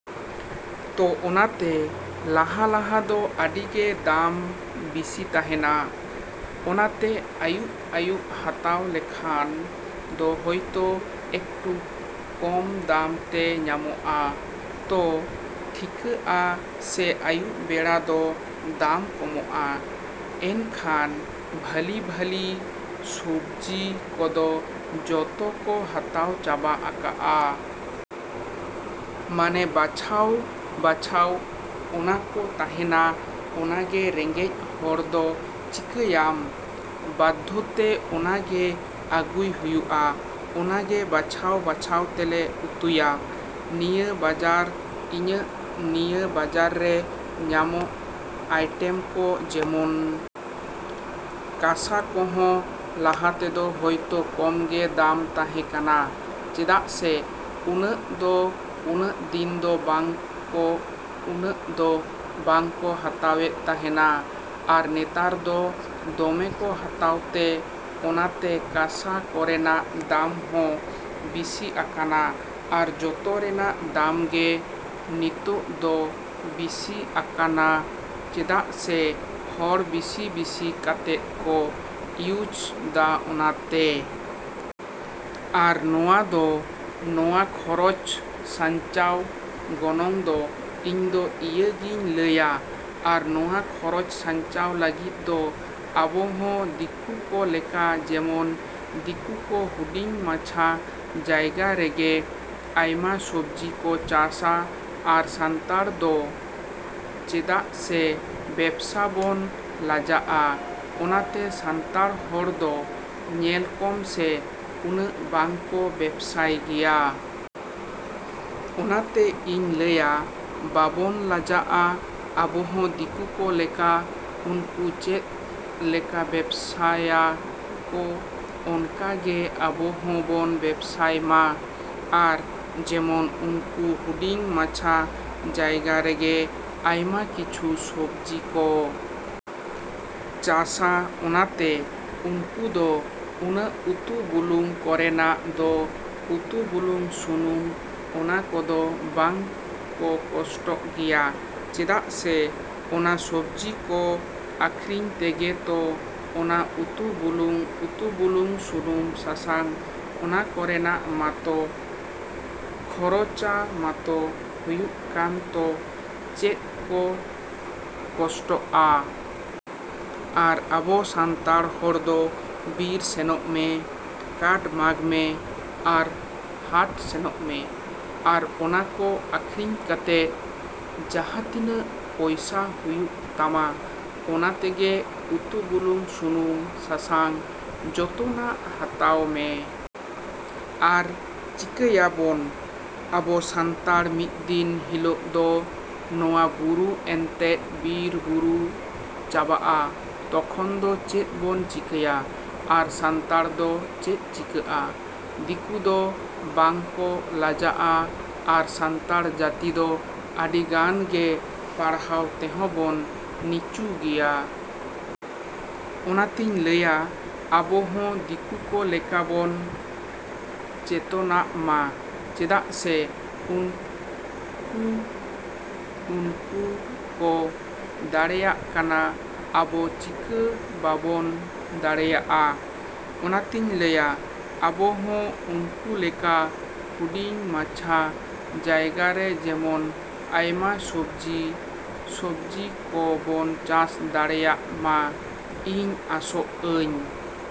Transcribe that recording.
ᱛᱚ ᱚᱱᱟᱛᱮ ᱞᱟᱦᱟ ᱞᱟᱦᱟ ᱫᱚ ᱟᱹᱰᱤ ᱜᱮ ᱫᱟᱢ ᱵᱤᱥᱤ ᱛᱟᱦᱮᱱᱟ᱾ ᱚᱱᱟᱛᱮ ᱟᱹᱭᱩᱵ ᱟᱹᱭᱩᱵ ᱦᱟᱛᱟᱣ ᱞᱮᱠᱷᱟᱱ ᱫᱚ ᱦᱚᱭᱛᱚ ᱮᱠᱴᱩ ᱠᱚᱢ ᱫᱟᱢ ᱛᱮ ᱧᱟᱢᱚᱜᱼᱟ᱾ ᱛᱚ ᱴᱷᱤᱤᱠᱟᱹᱜᱼᱟ ᱥᱮ ᱟᱹᱭᱩᱵ ᱵᱮᱲᱟ ᱫᱚ ᱫᱟᱢ ᱠᱚᱢᱚᱜᱼᱟ ᱮᱱᱠᱷᱟᱱ ᱵᱷᱟᱹᱞᱤ ᱵᱷᱟᱹᱞᱤ ᱥᱚᱵᱡᱤ ᱠᱚᱫᱚ ᱡᱚᱛᱚ ᱠᱚ ᱦᱟᱛᱟᱣ ᱪᱟᱵᱟ ᱟᱠᱟᱜᱼᱟ᱾ ᱢᱟᱱᱮ ᱵᱟᱪᱷᱟᱣ ᱵᱟᱪᱷᱟᱣ ᱚᱱᱟ ᱠᱚ ᱛᱟᱦᱮᱱᱟ ᱚᱱᱟ ᱜᱮ ᱨᱮᱸᱜᱮᱡᱽ ᱦᱚᱲ ᱫᱚ ᱪᱤᱠᱟᱹᱭᱟᱢ ᱵᱟᱫᱽᱫᱷᱚᱛᱮ ᱚᱱᱟ ᱜᱮ ᱟᱹᱜᱩᱭ ᱦᱩᱭᱩᱜᱼᱟ᱾ ᱚᱱᱟ ᱜᱮ ᱵᱟᱪᱷᱟᱣ ᱵᱟᱪᱷᱟᱣ ᱛᱮᱞᱮ ᱩᱛᱩᱭᱟ᱾ ᱱᱤᱭᱟᱹ ᱵᱟᱡᱟᱨ, ᱤᱧᱟᱹᱜ ᱱᱤᱭᱟᱹ ᱵᱟᱡᱟᱨ ᱨᱮ ᱧᱟᱢᱚᱜ ᱟᱭᱴᱮᱢ ᱠᱚ ᱡᱮᱢᱚᱱ ᱠᱟᱥᱟ ᱠᱚᱦᱚᱸ ᱞᱟᱦᱟᱛᱮᱫᱚ ᱦᱚᱭᱛᱚ ᱠᱚᱢ ᱜᱮ ᱫᱟᱢ ᱛᱟᱦᱮᱸ ᱠᱟᱱᱟ ᱪᱮᱫᱟᱜ ᱥᱮ ᱩᱱᱟᱹᱜ ᱫᱚ ᱩᱱᱟᱹᱜ ᱫᱤᱱ ᱫᱚ ᱵᱟᱝ ᱠᱚ ᱩᱱᱟᱹᱜ ᱫᱚ ᱵᱟᱝ ᱠᱚ ᱦᱟᱛᱟᱣᱮᱫ ᱛᱟᱦᱮᱱᱟ ᱟᱨ ᱱᱮᱛᱟᱨ ᱫᱚ ᱫᱚᱢᱮ ᱠᱚ ᱦᱟᱛᱟᱣ ᱛᱮ ᱚᱱᱟᱛᱮ ᱠᱟᱥᱟ ᱠᱚᱨᱮᱱᱟᱜ ᱫᱟᱢ ᱦᱚᱸ ᱵᱤᱥᱤ ᱟᱠᱟᱱᱟ ᱟᱨ ᱡᱚᱛᱚ ᱨᱮᱱᱟᱜ ᱫᱟᱢ ᱜᱮ ᱱᱤᱛᱚᱜ ᱫᱚ ᱵᱤᱥᱤ ᱟᱠᱟᱱᱟ ᱪᱮᱫᱟᱜ ᱥᱮ ᱦᱚᱲ ᱵᱤᱥᱤ ᱵᱤᱥᱤ ᱠᱟᱛᱮᱫ ᱠᱚ ᱤᱭᱩᱡᱽ ᱫᱟ ᱚᱱᱟᱛᱮ᱾ ᱟᱨ ᱱᱚᱣᱟ ᱫᱚ ᱱᱚᱣᱟ ᱠᱷᱚᱨᱚᱪ ᱥᱟᱧᱪᱟᱣ ᱜᱚᱱᱚᱝ ᱫᱚ ᱤᱧ ᱫᱚ ᱱᱤᱭᱟᱹ ᱜᱤᱧ ᱞᱟᱹᱭᱟ᱾ ᱟᱨ ᱱᱚᱣᱟ ᱠᱷᱚᱨᱚᱪ ᱥᱟᱧᱪᱟᱣ ᱞᱟᱹᱜᱤᱫ ᱫᱚ ᱟᱵᱚ ᱦᱚᱸ ᱫᱤᱠᱩ ᱠᱚ ᱞᱮᱠᱟ ᱡᱮᱢᱚᱱ ᱫᱤᱠᱩ ᱫᱚ ᱦᱩᱰᱤᱝ ᱢᱟᱪᱷᱟ ᱡᱟᱭᱜᱟ ᱨᱮᱜᱮ ᱟᱭᱢᱟ ᱥᱚᱵᱡᱤ ᱠᱚ ᱪᱟᱥᱟ ᱟᱨ ᱥᱟᱱᱛᱟᱲ ᱫᱚ ᱪᱮᱫᱟᱜ ᱥᱮ ᱵᱮᱵᱥᱟ ᱵᱚᱱ ᱞᱟᱡᱟᱜᱼᱟ ᱚᱱᱟᱛᱮ ᱥᱟᱱᱛᱟᱲ ᱦᱚᱲ ᱫᱚ ᱧᱮᱞ ᱠᱚᱢ ᱥᱮ ᱩᱱᱟᱹᱜ ᱵᱟᱝ ᱠᱚ ᱵᱮᱵᱥᱟᱭ ᱜᱮᱭᱟ᱾ ᱚᱱᱟᱛᱮ ᱤᱧ ᱞᱟᱹᱭᱟ ᱵᱟᱵᱚᱱ ᱞᱟᱡᱟᱜᱼᱟ, ᱟᱵᱚ ᱦᱚᱸ ᱫᱤᱠᱩ ᱠᱚ ᱞᱮᱠᱟ ᱩᱱᱠᱩ ᱪᱮᱫ ᱞᱮᱠᱟ ᱵᱮᱵᱥᱟᱭᱟ ᱠᱚ ᱚᱱᱠᱟ ᱜᱮ ᱟᱵᱚ ᱦᱚᱸ ᱵᱚᱱ ᱵᱮᱵᱥᱟᱭ ᱢᱟ᱾ ᱟᱨ ᱡᱮᱢᱚᱱ ᱩᱱᱠᱩ ᱦᱩᱰᱤᱝ ᱢᱟᱪᱷᱟ ᱡᱟᱭᱜᱟ ᱨᱮᱜᱮ ᱟᱭᱢᱟ ᱠᱤᱪᱷᱩ ᱥᱚᱵᱡᱤ ᱠᱚ ᱪᱟᱥᱟ ᱚᱱᱟᱛᱮ ᱩᱱᱠᱩ ᱫᱚ ᱩᱱᱟᱹᱜ ᱩᱛᱩ ᱵᱩᱞᱩᱝ ᱠᱚᱨᱮᱱᱟᱜ ᱫᱚ ᱩᱛᱩ ᱵᱩᱞᱩᱝ ᱥᱩᱱᱩᱢ ᱚᱱᱟ ᱠᱚᱫᱚ ᱵᱟᱝ ᱠᱚ ᱠᱚᱥᱴᱚᱜ ᱜᱮᱭᱟ ᱪᱮᱫᱟᱜ ᱥᱮ ᱚᱱᱟ ᱥᱚᱵᱡᱤ ᱠᱚ ᱟᱠᱷᱨᱤᱧ ᱛᱮᱜᱮ ᱛᱚ ᱚᱱᱟ ᱩᱛᱩ ᱵᱩᱞᱩᱝ ᱩᱛᱩ ᱵᱩᱞᱩᱝ ᱥᱩᱱᱩᱢ ᱥᱟᱥᱟᱝ ᱚᱱᱟ ᱠᱚᱨᱮᱱᱟᱜ ᱢᱟᱛᱚ ᱠᱷᱚᱨᱚᱪᱟ ᱢᱟᱛᱚ ᱦᱩᱭᱩᱜ ᱠᱟᱱ ᱛᱚ ᱪᱮᱫ ᱠᱚ ᱠᱚᱥᱴᱚᱜᱼᱟ? ᱟᱨ ᱟᱵᱚ ᱥᱟᱱᱛᱟᱲ ᱦᱚᱲ ᱫᱚ ᱵᱤᱨ ᱥᱮᱱᱚᱜ ᱢᱮ, ᱠᱟᱴ ᱢᱟᱜᱽ ᱢᱮ ᱟᱨ ᱦᱟᱴ ᱥᱮᱱᱚᱜ ᱢᱮ ᱟᱨ ᱚᱱᱟ ᱠᱚ ᱟᱠᱷᱨᱤᱧ ᱠᱟᱛᱮᱫ ᱡᱟᱦᱟᱛᱤᱱᱟᱹᱜ ᱯᱚᱭᱥᱟ ᱦᱩᱭᱩᱜ ᱛᱟᱢᱟ ᱚᱱᱟ ᱛᱮᱜᱮ ᱩᱛᱩ ᱵᱩᱞᱩᱝ ᱥᱩᱱᱩᱢ ᱥᱟᱥᱟᱝ ᱡᱚᱛᱚ ᱱᱟᱜ ᱦᱟᱛᱟᱣ ᱢᱮ᱾ ᱟᱨ ᱪᱤᱠᱟᱹᱭᱟ ᱵᱚᱱ ᱟᱵᱚ ᱥᱟᱱᱛᱟᱲ ᱢᱤᱫ ᱫᱤᱱ ᱦᱤᱞᱚᱜ ᱫᱚ ᱱᱚᱣᱟ ᱵᱩᱨᱩ ᱮᱱᱛᱮᱫ ᱵᱤᱨ ᱵᱩᱨᱩ ᱪᱟᱵᱟᱜᱼᱟ ᱛᱚᱠᱷᱚᱱ ᱫᱚ ᱪᱮᱫ ᱵᱚᱱ ᱪᱤᱠᱟᱹᱭᱟ? ᱟᱨ ᱥᱟᱱᱛᱟᱲ ᱫᱚ ᱪᱮᱫ ᱪᱤᱠᱟᱹᱜᱼᱟ? ᱫᱤᱠᱩ ᱫᱚ ᱵᱟᱝ ᱠᱚ ᱞᱟᱡᱟᱜᱼᱟ ᱟᱨ ᱥᱟᱱᱛᱟᱲ ᱡᱟᱹᱛᱤ ᱫᱚ ᱟᱹᱰᱤ ᱜᱟᱱ ᱜᱮ ᱯᱟᱲᱦᱟᱣ ᱛᱮᱦᱚᱸ ᱵᱚᱱ ᱱᱤᱪᱩ ᱜᱮᱭᱟ᱾ ᱚᱱᱟᱛᱮᱧ ᱞᱟᱹᱭᱟ ᱟᱵᱚ ᱦᱚᱸ ᱫᱤᱠᱩ ᱠᱚ ᱞᱮᱠᱟ ᱵᱚᱱ ᱪᱮᱛᱚᱱᱟᱜ ᱢᱟ ᱪᱮᱫᱟᱜ ᱥᱮ ᱩᱱᱠᱩ ᱩᱱᱠᱩ ᱠᱚ ᱫᱟᱲᱮᱭᱟᱜ ᱠᱟᱱᱟ ᱟᱵᱚ ᱪᱤᱠᱟᱹ ᱵᱟᱵᱚᱱ ᱫᱟᱲᱮᱭᱟᱜᱼᱟ? ᱚᱱᱟᱛᱮᱧ ᱞᱟᱹᱭᱟ ᱟᱵᱚ ᱦᱚᱸ ᱩᱱᱠᱩ ᱞᱮᱠᱟ ᱦᱩᱰᱤᱝ ᱢᱟᱪᱷᱟ ᱡᱟᱭᱜᱟ ᱨᱮ ᱡᱮᱢᱚᱱ ᱟᱭᱢᱟ ᱥᱚᱵᱡᱤ ᱥᱚᱵᱡᱤ ᱠᱚ ᱵᱚᱱ ᱪᱟᱥ ᱫᱟᱲᱮᱭᱟᱜ ᱢᱟ ᱤᱧ ᱟᱥᱚᱜ ᱟᱹᱧ᱾